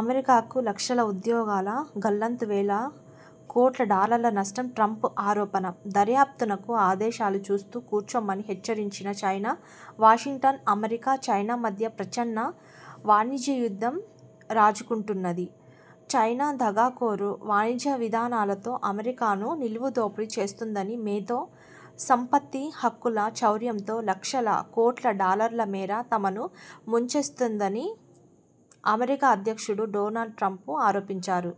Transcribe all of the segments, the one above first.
అమెరికాకు లక్షల ఉద్యోగాల గల్లంతు వేల కోట్ల డాలర్ల నష్టం ట్రంప్ ఆరోపణ.. దర్యాప్తునకు ఆదేశాలు చూస్తూ కూర్చోమని హెచ్చరించిన చైనా వాషింగ్టన్ అమెరికా, చైనా మధ్య ప్రచ్ఛన్న వాణిజ్య యుద్ధం రాజుకుంటున్నది. చైనా దగాకోరు వాణిజ్య విధానాలతో అమెరికాను నిలువు దోపిడీ చేస్తోందనీ, మేధో సంపత్తి హక్కుల చౌర్యంతో లక్షల కోట్ల డాలర్ల మేర తమను ముంచేస్తోందని అమెరికా అధ్యక్షుడు డొనాల్డ్ ట్రంప్ ఆరోపించారు.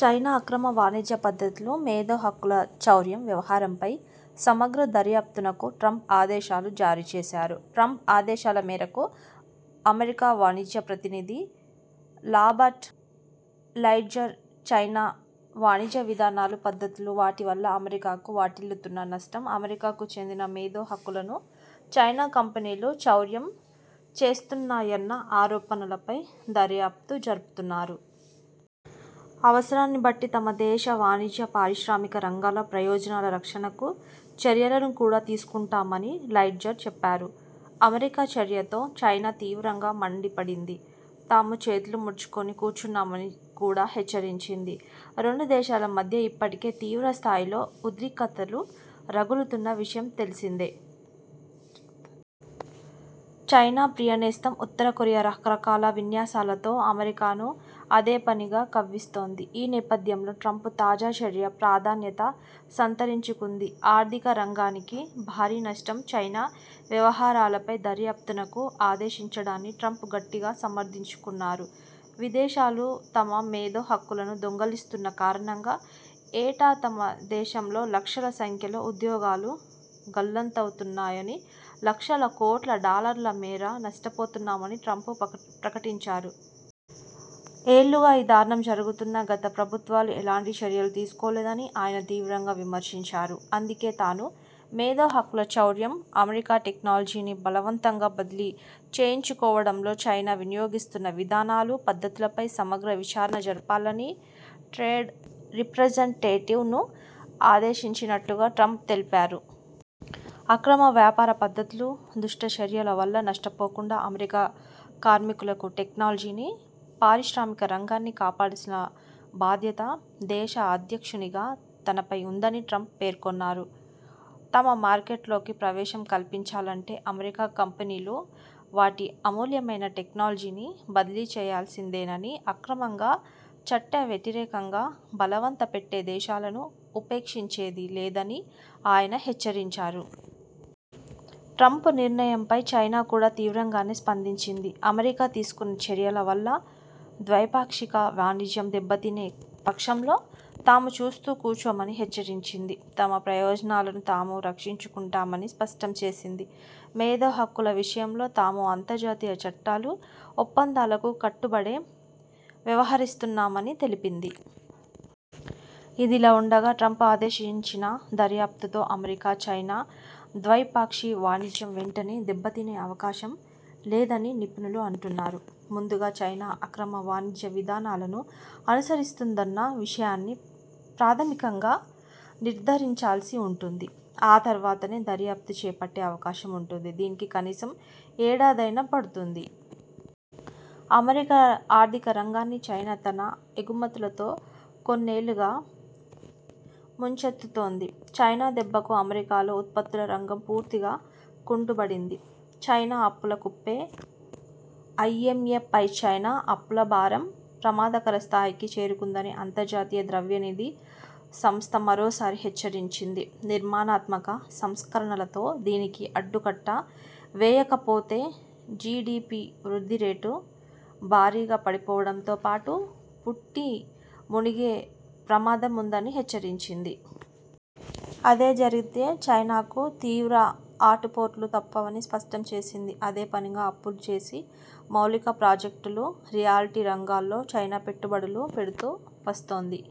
చైనా అక్రమ వాణిజ్య పద్ధతులు, మేధో హక్కుల చౌర్యం వ్యవహారాలపై సమగ్ర దర్యాప్తునకు ట్రంప్ ఆదేశాలు జారీ చేశారు. ట్రంప్ ఆదేశాల మేరకు అమెరికా వాణిజ్య ప్రతినిధి రాబర్ట్ లైట్జర్, చైనా వాణిజ్య విధానాలు, పద్ధతులు, వాటి వల్ల అమెరికాకు వాటిల్లుతున్న నష్టం, అమెరికాకు చెందిన మేధో హక్కులను చైనా కంపెనీలు చౌర్యం చేస్తున్నాయన్న ఆరోపణలపై దర్యాప్తు జరుపుతారు. అవసరాన్ని బట్టి తమ దేశ వాణిజ్య, పారిశ్రామిక రంగాల ప్రయోజనాల రక్షణకు చర్యలను కూడా తీసుకుంటామని లైట్జర్ చెప్పారు. అమెరికా చర్యతో చైనా తీవ్రంగా మండిపడింది. తాము చేతులు ముడుచుకొని కూర్చోమని కూడా హెచ్చరించింది. రెండు దేశాల మధ్య ఇప్పటికే తీవ్ర స్థాయిలో ఉద్రిక్తతలు రగులుతున్న విషయం తెలిసిందే. చైనా ప్రియ నేస్తం ఉత్తర కొరియా రకరకాల విన్యాసాలతో అమెరికాను అదేపనిగా కవ్విస్తోంది. ఈ నేపథ్యంలో ట్రంప్ తాజా చర్య ప్రాధాన్యత సంతరించుకుంది. ఆర్థిక రంగానికి భారీ నష్టం చైనా వ్యవహారాలపై దర్యాప్తునకు ఆదేశించడాన్ని ట్రంప్ గట్టిగా సమర్ధించుకున్నారు. విదేశాలు తమ మేధో హక్కులను దొంగిలిస్తున్న కారణంగా ఏటా తమ దేశం లో లక్షల సంఖ్యలో ఉద్యోగాలు గల్లంతవుతున్నాయనీ, లక్షల కోట్ల డాలర్ల మేర నష్టపోతున్నామని ట్రంప్ ప్ర ప్రకటించారు. ఏళ్లుగా ఈ దారుణం జరుగుతున్నా, గత ప్రభుత్వాలు ఏలాంటి చర్యలు తీసుకోలేదని ఆయన తీవ్రంగా విమర్శించారు. అందుకే తాను, మేధో హక్కుల చౌర్యం, అమెరికా టెక్నాలజీని బలవంతంగా బదిలీ చేయించుకోవడంలో చైనా వినియోగిస్తున్న విధానాలు, పద్ధతులపై సమగ్ర విచారణ జరపాలని ట్రేడ్ రిప్రెజంటేటివ్ ను ఆదేశించినట్టుగా ట్రంప్ తెలిపారు. అక్రమ వ్యాపార పద్ధతులు, దుష్టచర్యల వల్ల నష్టపోకుండా అమెరికా కార్మికులను, టెక్నాలజీని, పారిశ్రామిక రంగాన్ని కాపాడాల్సిన బాధ్యత దేశ అధ్యక్షునిగా తనపై ఉందని ట్రంప్ పేర్కొన్నారు. తమ మార్కెట్లోకి ప్రవేశం కల్పించాలంటే అమెరికా కంపెనీలు వాటి అమూల్యమైన టెక్నాలజీని బదిలీ చేయాల్సిందేనని అక్రమంగా, చట్టవ్యతిరేకంగా బలవంత పెట్టే దేశాలను ఉపేక్షించేది లేదని ఆయన హెచ్చరించారు. ట్రంప్ నిర్ణయంపై చైనా కూడా తీవ్రంగానే స్పందించింది. అమెరికా తీసుకునే చర్యల వల్ల ద్వైపాక్షిక వాణిజ్యం దెబ్బతినే పక్షంలో తాము చూస్తూ కూర్చోమని హెచ్చరించింది. తమ ప్రయోజనాలను తాము రక్షించుకుంటామని స్పష్టం చేసింది. మేధో హక్కుల విషయంలో తాము అంతర్జాతీయ చట్టాలు, ఒప్పందాలకు కట్టుబడే వ్యవహరిస్తున్నామని తెలిపింది. ఇదిలా ఉండగా ట్రంప్ ఆదేశించిన దర్యాప్తుతో అమెరికా, చైనా ద్వైపాక్షి వాణిజ్యం వెంటనే దెబ్బతినే అవకాశం లేదని నిపుణులు అంటున్నారు. ముందుగా చైనా అక్రమ వాణిజ్య విధానాలను అనుసరిస్తుందన్న విషయాన్ని ప్రాధమికంగా నిర్ధారించాల్సి ఉంటుంది. ఆ తర్వాతనే దర్యాప్తు చేపట్టే అవకాశం ఉంటుంది. దీనికి కనీసం ఏడాదైనా పడుతుంది. అమెరికా ఆర్థిక రంగాన్ని చైనా తన ఎగుమతులతో కొన్నేళ్లుగా ముంచెత్తుతోంది. చైనా దెబ్బకు అమెరికాలో ఉత్పత్తుల రంగం పూర్తిగా కుంటుబడింది. చైనా అప్పుల కుప్పే ఐఎంఎఫ్చైనా అప్పుల భారం ప్రమాదకర స్థాయికి చేరుకుందని అంతర్జాతీయ ద్రవ్యనిధి సంస్థ మరోసారి హెచ్చరించింది. నిర్మాణాత్మక సంస్కరణలతో దీనికి అడ్డుకట్ట వేయకపోతే జిడిపి వృద్ధి రేటు భారీగా పడిపోవడంతో పాటు పుట్టి మునిగే ప్రమాదం ఉందని హెచ్చరించింది. అదే జరిగితే చైనాకు తీవ్ర ఆటుపోట్లూ తప్పవని స్పష్టం చేసింది. అదేపనిగా అప్పులు చేసి మౌలిక ప్రాజెక్టులు, రియల్టీ రంగాల్లో చైనా పెట్టుబడులు పెడుతూ వస్తోంది.